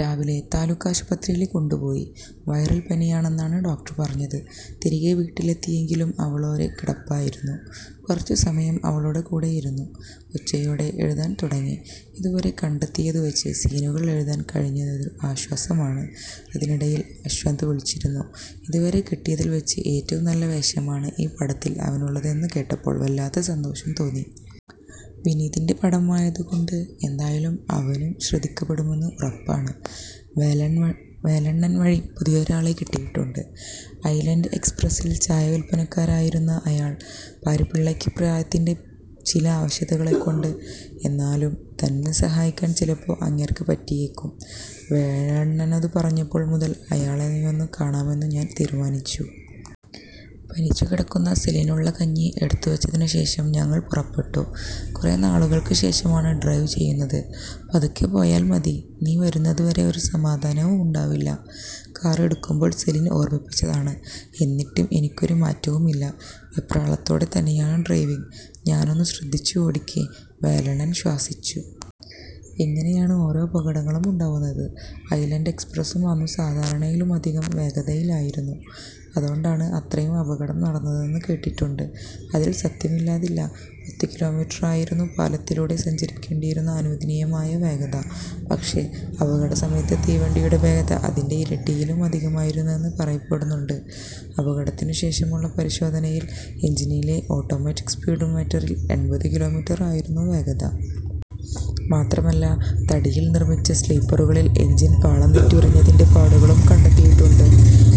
രാവിലെ താലൂക്കാശുപത്രീല് കൊണ്ടുപോയി. Viral പനിയാണെന്നാണ് doctor പറഞ്ഞത്. തിരികെ വീട്ടിലെത്തിയെങ്കിലും അവളൊരേ കിടപ്പായിരുന്നു. കുറച്ചു സമയം അവളുടെകൂടെ ഇരുന്നു. ഉച്ചയോടെ എഴുതാൻ തുടങ്ങി. ഇതുവരെ കണ്ടെത്തിയതുവെച്ച് സീനുകൾ എഴുതാൻ കഴിഞ്ഞതൊരു ആശ്വാസമാണ്. അതിനിടയിൽ അശ്വന്ത് വിളിച്ചിരുന്നു. ഇതുവരെ കിട്ടിയതിൽവെച്ച് ഏറ്റവും നല്ല വേഷമാണ് ഈ പടത്തിൽ അവനുള്ളതെന്നു കേട്ടപ്പോൾ വല്ലാത്ത സന്തോഷം തോന്നി. വിനീതിന്റെ പടം ആയതുകൊണ്ട് എന്തായാലും അവനും ശ്രദ്ധിക്കപ്പെടുമെന്നു ഉറപ്പാണ്. വേലണ്ണൻ വഴി പുതിയൊരാളെ കിട്ടിയിട്ടുണ്ട്. ഐലന്റ് എക്സ്പ്രസിൽ ചായ വിൽപ്പനക്കാരായിരുന്ന അയാൾ. "പാരിപ്പിള്ളയ്ക്ക് പ്രായത്തിന്റെ ചില അവശതകളൊണ്ട്. എന്നാലും തന്നെ സഹായിക്കാൻ ചിലപ്പോ അങ്ങേർക്ക് പറ്റിയേക്കും. " വേലണ്ണനതു പറഞ്ഞപ്പോൾ മുതൽ അയാളെയൊന്നു കാണാമെന്നു ഞാൻ തീരുമാനിച്ചു. പനിച്ചുകിടക്കുന്ന സെലിനുള്ള കഞ്ഞി എടുത്തുവെച്ചതിനു ശേഷം ഞങ്ങൾ പുറപ്പെട്ടു. കുറേ നാളുകൾക്ക് ശേഷമാണ് ഡ്രൈവ് ചെയ്യുന്നത്. 'പതുക്കെ പോയാല് മതി. നീ വരുന്നതുവരെ ഒരു സമാധാനവും ഉണ്ടാവില്ല' കാറ് എടുക്കുമ്പോൾ സെലിൻ ഓർമ്മിപ്പിച്ചതാണ്. എന്നിട്ടും എനിക്കൊരു മാറ്റവും ഇല്ല. വെപ്രാളത്തോടെ തന്നെയാണ് ഡ്രൈവിംഗ്. "ഞാനൊന്നു ശ്രദ്ധിച്ച് ഓടിക്ക്", വേലണ്ണൻ ശ്വാസിച്ചു. "ഇങ്ങനെയാണ് ഓരോ അപകടങ്ങളും ഉണ്ടാവുന്നത്. ഐലന്റ് എക്സ്പ്രസും അന്നു സാധാരണയിലുമധികം വേഗതയിലായിരുന്നു. അതോണ്ടാണ് അത്രയും അപകടം നടന്നതെന്ന് കേട്ടിട്ടുണ്ട്. " "അതിൽ സത്യമില്ലാതില്ല. പത്തുകിലോമീറ്ററായിരുന്നു പാലത്തിലുടെ സഞ്ചരിക്കേണ്ടിയിരുന്ന അനുവദിനീയമായ വേഗത. പക്ഷേ, അപകട സമയത്ത് തീവണ്ടിയുടെ വേഗത അതിന്റെ ഇരട്ടിയിലും അധികമായിരുന്നെന്ന് പറയപ്പെടുന്നുണ്ട്. അപകടത്തിനു ശേഷമുള്ള പരിശോധനയിൽ എഞ്ചിനിലെ ഓട്ടോമാറ്റിക് സ്പീഡോ മീറ്ററിൽ എൺപതുകിലോമീറ്റർ ആയിരുന്നു വേഗത! മാത്രമല്ല, തടിയിൽ നിർമിച്ച് സ്ലീപ്പറുകളിൽ എഞ്ചിൻ പാളംതെറ്റി ഉരഞ്ഞതിന്റെ പാടുകളും കണ്ടെത്തിയിട്ടുണ്ട്"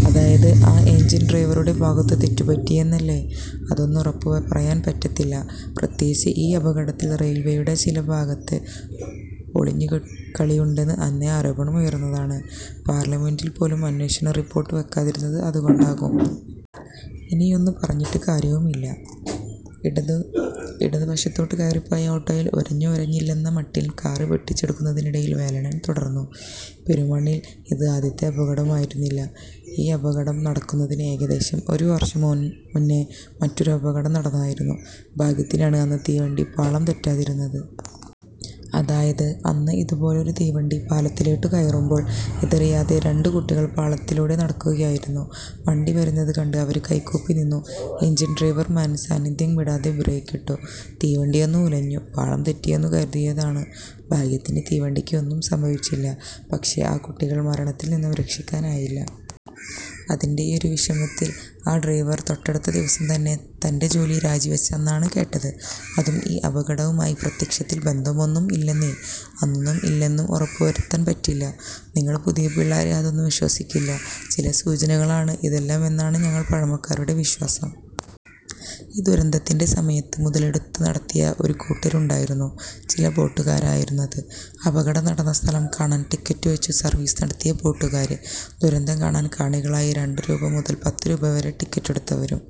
"അതായത് ആ എഞ്ചിൻ ഡ്രൈവറുടെ ഭാഗത്ത് തെറ്റുപറ്റിയെന്നല്ലേ? " "അതൊന്നും ഉറപ്പു പറയാൻ പറ്റത്തില്ല. പ്രത്യേകിച്ച് ഈ അപകടത്തിൽ റെയിൽവേയുടെ ചില ഭാഗത്ത് ഒളിഞ്ഞുകളിയുണ്ടെന്ന് അന്നേ ആരോപണം ഉയർന്നതാണ്. പാർലമെൻ്റിൽ പോലും അന്വേഷണ റിപ്പോർട്ട് വെക്കാതിരുന്നത് അതുകൊണ്ടാവും. ഇനിയൊന്നു പറഞ്ഞിട്ടു കാര്യവുമില്ല. " ഇടതു വശത്തോട്ടു കയറിപ്പോയ ഓട്ടോയിൽ ഉരഞ്ഞു ഉരഞ്ഞെന്നില്ലെന്ന മട്ടിൽ കാറ് വെട്ടിച്ചെടുക്കുന്നതിനിടയിൽ വേലണ്ണൻ തുടർന്നു. "പെരുമണിൽ ഇത് ആദ്യത്തെ അപകടമായിരുന്നില്ല. ഈ അപകടം നടക്കുന്നതിന് ഏകദേശം ഒരു വർഷം മൂന്നെ മറ്റൊരു അപകടം നടന്നായിരുന്നു. ഭാഗ്യത്തിനാണ് അന്ന് തീവണ്ടി പാളം തെറ്റാതിരുന്നത്. അതായത്; അന്ന് ഇതുപോലൊരു തീവണ്ടി പാലത്തിലോട്ടു കയറുമ്പോൾ ഇതറിയാതെ രണ്ടു കുട്ടികൾ പാളത്തിലുടെ നടക്കുകയായിരുന്നു. വണ്ടി വരുന്നതു കണ്ട് അവര് കൈകൂപ്പി നിന്നു. എഞ്ചിൻ ഡ്രൈവർ മനസ്സാന്നിദ്ധ്യം വിടാതെ ബ്രേക്കിട്ടു. തീവണ്ടിയൊന്നു ഉലഞ്ഞു. പാളം തെറ്റിയെന്നു കരുതിയതാണ്. ഭാഗ്യത്തിന് തീവണ്ടിയ്ക്ക് ഒന്നും സംഭവിച്ചില്ല. പക്ഷേ, ആ കുട്ടികൾ മരണത്തിൽ നിന്നും രക്ഷിക്കാനായില്ല. അതിന്റെയൊരു വിഷമത്തിൽ ആ ഡ്രൈവർ തൊട്ടടുത്ത ദിവസം തന്നെ തന്റെ ജോലി രാജിവെച്ചെന്നാണ് കേട്ടത്. " "അതും ഈ അപകടവുമായി പ്രത്യക്ഷത്തിൽ ബന്ധമൊന്നും ഇല്ലന്നേ. " "അന്നും ഇല്ലെന്നും ഉറപ്പു പറയാൻ പറ്റില്ല. നിങ്ങള് പുതിയ പിള്ളാര് അതൊന്നു വിശ്വസിക്കില്ല. ചില സൂചനകളാണ് ഇതെല്ലാമെന്നാണ് ഞങ്ങൾ പഴമക്കാരുടെ വിശ്വാസം. ഈ ദുരന്തത്തിൻ്റെ സമയത്തും മുതലെടുപ്പ് നടത്തിയ ഒരുകൂട്ടര് ഉണ്ടായിരുന്നു. ചില ബോട്ടുകാരായിരുന്നു അത്‌ അപകടം നടന്ന സ്ഥലം കാണാൻ ടിക്കറ്റുവെച്ചു സർവീസ് നടത്തിയ ബോട്ടുകാര്! ദുരന്തം കാണാൻ കാണികളായി രണ്ടു രൂപ മുതൽ പത്തുരൂപവരെ ടിക്കറ്റെടുത്തവരും.